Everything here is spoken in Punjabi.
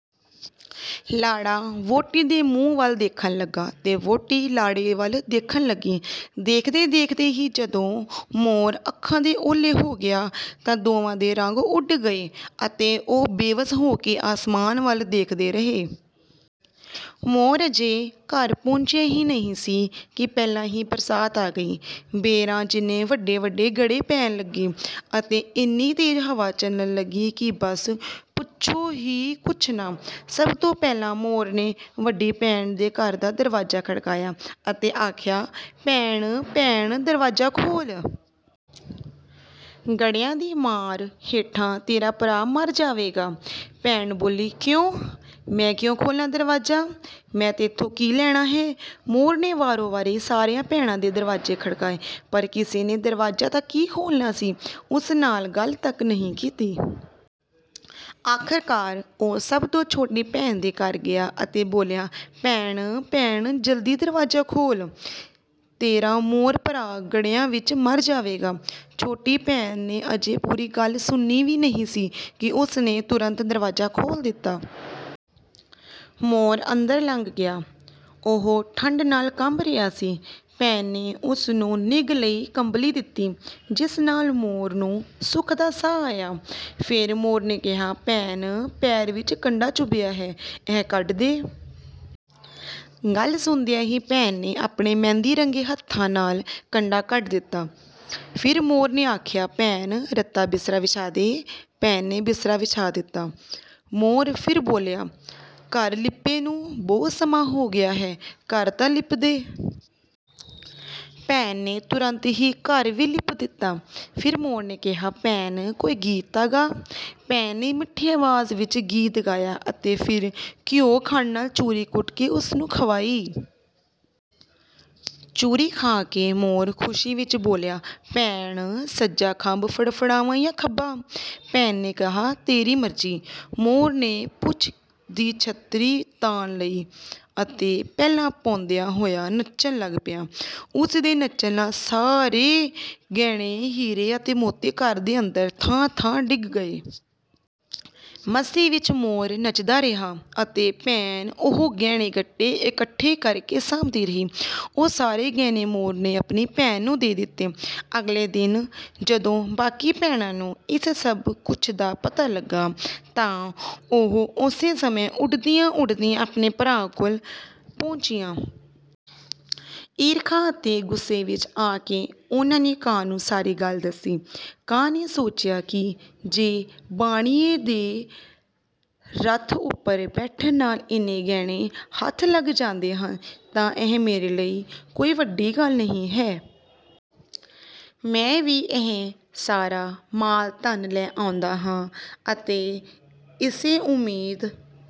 ਲਾੜਾ ਵਹੁਟੀ ਦੇ ਮੂੰਹ ਵੱਲ ਦੇਖਣ ਲੱਗਾ ਅਤੇ ਵਹੁਟੀ ਲਾੜੇ ਵੱਲ ਦੇਖਣ ਲੱਗੀ। ਦੇਖਦੇ-ਦੇਖਦੇ ਹੀ ਜਦੋਂ ਮੋਰ ਅੱਖਾਂ ਤੋਂ ਓਹਲੇ ਹੋ ਗਿਆ ਤਾਂ ਦੋਵਾਂ ਦੇ ਰੰਗ ਉੱਡ ਗਏ ਅਤੇ ਉਹ ਬੇਵਸ ਹੋ ਕੇ ਆਸਮਾਨ ਵੱਲ ਦੇਖਦੇ ਰਹੇ। ਮੋਰ ਅਜੇ ਘਰ ਪਹੁੰਚਿਆ ਹੀ ਨਹੀਂ ਸੀ ਕਿ ਪਹਿਲਾਂ ਹੀ ਬਰਸਾਤ ਆ ਗਈ। ਬੇਰਾਂ ਜਿੱਡੇ-ਜਿੱਡੇ ਵੱਡੇ ਗੜੇ ਪੈਣ ਲੱਗੇ ਅਤੇ ਇੰਨੀ ਤੇਜ਼ ਹਵਾ ਚੱਲਣ ਲੱਗੀ ਕਿ ਬੱਸ ਪੁੱਛੋ ਹੀ ਕੁਝ ਨਾ। ਸਭ ਤੋਂ ਪਹਿਲਾਂ ਮੋਰ ਨੇ ਵੱਡੀ ਭੈਣ ਦੇ ਘਰ ਦਾ ਦਰਵਾਜ਼ਾ ਖੜਕਾਇਆ ਅਤੇ ਆਖਿਆ, "ਭੈਣ, ਭੈਣ, ਦਰਵਾਜ਼ਾ ਖੋਲ੍ਹ! ਗੜਿਆਂ ਦੀ ਮਾਰ ਹੇਠਾਂ ਤੇਰਾ ਭਰਾ ਮਰ ਜਾਵੇਗਾ।" ਭੈਣ ਬੋਲੀ, "ਕਿਉਂ? ਮੈਂ ਕਿਉਂ ਖੋਲ੍ਹਾਂ ਦਰਵਾਜ਼ਾ? ਮੈਂ ਤੈਥੋਂ ਕੀ ਲੈਣਾ ਹੈ?" ਮੋਰ ਨੇ ਵਾਰੋ-ਵਾਰੀ ਸਾਰੀਆਂ ਭੈਣਾਂ ਦੇ ਦਰਵਾਜ਼ੇ ਖੜਕਾਏ, ਪਰ ਕਿਸੇ ਨੇ ਦਰਵਾਜ਼ਾ ਤਾਂ ਕੀ ਖੋਲ੍ਹਣਾ ਸੀ, ਉਸ ਨਾਲ ਗੱਲ ਤੱਕ ਨਹੀਂ ਕੀਤੀ। ਆਖ਼ਰਕਾਰ ਉਹ ਸਭ ਤੋਂ ਛੋਟੀ ਭੈਣ ਦੇ ਘਰ ਗਿਆ ਅਤੇ ਬੋਲਿਆ, "ਭੈਣ-ਭੈਣ, ਜਲਦੀ ਦਰਵਾਜ਼ਾ ਖੋਲ੍ਹ, ਤੇਰਾ ਮੋਰ ਭਰਾ ਗੜਿਆਂ ਵਿੱਚ ਮਰ ਜਾਵੇਗਾ।" ਛੋਟੀ ਭੈਣ ਨੇ ਅਜੇ ਪੂਰੀ ਗੱਲ ਸੁਣੀ ਵੀ ਨਹੀਂ ਸੀ ਕਿ ਉਸ ਨੇ ਤੁਰੰਤ ਦਰਵਾਜ਼ਾ ਖੋਲ੍ਹ ਦਿੱਤਾ। ਮੋਰ ਅੰਦਰ ਲੰਘ ਆਇਆ, ਉਹ ਠੰਢ ਨਾਲ ਕੰਬ ਰਿਹਾ ਸੀ। ਭੈਣ ਨੇ ਉਸ ਨੂੰ ਨਿੱਘ ਲਈ ਕੰਬਲੀ ਦਿੱਤੀ, ਜਿਸ ਨਾਲ ਮੋਰ ਨੂੰ ਸੁੱਖ ਦਾ ਸਾਹ ਆਇਆ। ਫਿਰ ਮੋਰ ਨੇ ਕਿਹਾ, "ਭੈਣ, ਪੈਰ ਵਿੱਚ ਕੰਡਾ ਚੁਭਿਆ ਹੈ, ਇਹ ਕੱਢ ਦੇ।" ਗੱਲ ਸੁਣਦਿਆਂ ਹੀ ਭੈਣ ਨੇ ਆਪਣੇ ਮਹਿੰਦੀ ਰੰਗੇ ਹੱਥਾਂ ਨਾਲ ਕੰਡਾ ਕੱਢ ਦਿੱਤਾ। ਫਿਰ ਮੋਰ ਨੇ ਆਖਿਆ, "ਭੈਣ, ਰਤਾ ਬਿਸਤਰਾ ਵਿਛਾ ਦੇ।" ਭੈਣ ਨੇ ਬਿਸਤਰਾ ਵਿਛਾ ਦਿੱਤਾ। ਮੋਰ ਫਿਰ ਬੋਲਿਆ, "ਘਰ ਲਿੱਪੇ ਨੂੰ ਬਹੁਤ ਸਮਾਂ ਹੋ ਗਿਆ ਹੈ, ਘਰ ਤਾਂ ਲਿੱਪ ਦੇ।" ਭੈਣ ਨੇ ਤੁਰੰਤ ਘਰ ਵੀ ਲਿੱਪ ਦਿੱਤਾ। ਫਿਰ ਮੋਰ ਨੇ ਕਿਹਾ, "ਭੈਣ, ਕੋਈ ਗੀਤ ਤਾਂ ਗਾ।" ਭੈਣ ਨੇ ਮਿੱਠੀ ਆਵਾਜ਼ ਵਿੱਚ ਗੀਤ ਗਾਇਆ ਅਤੇ ਫਿਰ ਘਿਓ-ਖੰਡ ਨਾਲ ਚੂਰੀ ਕੁੱਟ ਕੇ ਉਸ ਨੂੰ ਖਵਾਈ। ਚੂਰੀ ਖਾ ਕੇ ਮੋਰ ਖ਼ੁਸ਼ੀ ਵਿੱਚ ਬੋਲਿਆ, "ਭੈਣ, ਸੱਜਾ ਖੰਭ ਫੜਫੜਾਵਾਂ ਜਾਂ ਖੱਬਾ?" ਭੈਣ ਨੇ ਕਿਹਾ, "ਤੇਰੀ ਮਰਜ਼ੀ।" ਮੋਰ ਨੇ ਪੂਛ ਦੀ ਛਤਰੀ ਤਾਣ ਲਈ ਅਤੇ ਪੈਲਾਂ ਪਾਉਂਦਾ ਹੋਇਆ ਨੱਚਣ ਲੱਗ ਪਿਆ। ਉਸ ਦੇ ਨੱਚਣ ਨਾਲ ਸਾਰੇ ਗਹਿਣੇ, ਹੀਰੇ ਅਤੇ ਮੋਤੀ ਘਰ ਅੰਦਰ ਥਾਂ-ਥਾਂ ਖਿੰਡ ਗਏ। ਮਸਤੀ ਵਿੱਚ ਮੋਰ ਨੱਚਦਾ ਰਿਹਾ ਅਤੇ ਭੈਣ ਉਹ ਗਹਿਣੇ-ਗੱਟੇ ਇਕੱਠੇ ਕਰ ਕੇ ਸਾਂਭਦੀ ਰਹੀ। ਉਹ ਸਾਰੇ ਗਹਿਣੇ ਮੋਰ ਨੇ ਆਪਣੀ ਭੈਣ ਨੂੰ ਦੇ ਦਿੱਤੇ। ਅਗਲੇ ਦਿਨ ਜਦੋਂ ਬਾਕੀ ਭੈਣਾਂ ਨੂੰ ਇਸ ਸਭ ਕੁਝ ਦਾ ਪਤਾ ਲੱਗਾ ਤਾਂ ਉਹ ਉਸੇ ਸਮੇਂ ਉੱਡਦੀਆਂ-ਉੱਡਦੀਆਂ ਆਪਣੇ ਭਰਾ ਕਾਂ ਕੋਲ ਪਹੁੰਚੀਆਂ। ਈਰਖਾ ਅਤੇ ਗੁੱਸੇ ਵਿੱਚ ਆ ਕੇ ਉਨ੍ਹਾਂ ਨੇ ਕਾਂ ਨੂੰ ਸਾਰੀ ਗੱਲ ਦੱਸੀ। ਕਾਂ ਨੇ ਸੋਚਿਆ ਕਿ ਜੇ ਬਾਣੀਏ ਦੇ ਰੱਥ ਉੱਪਰ ਬੈਠਣ ਨਾਲ ਇੰਨੇ ਗਹਿਣੇ ਹੱਥ ਲੱਗ ਜਾਂਦੇ ਹਨ, ਤਾਂ ਇਹ ਮੇਰੇ ਲਈ ਵੀ ਕੋਈ ਵੱਡੀ ਗੱਲ ਨਹੀਂ ਹੈ। ਮੈਂ ਵੀ ਇਹ ਸਾਰਾ ਮਾਲ-ਧਨ ਲੈ ਆਉਂਦਾ ਹਾਂ, ਅਤੇ ਇਸੇ ਉਮੀਦ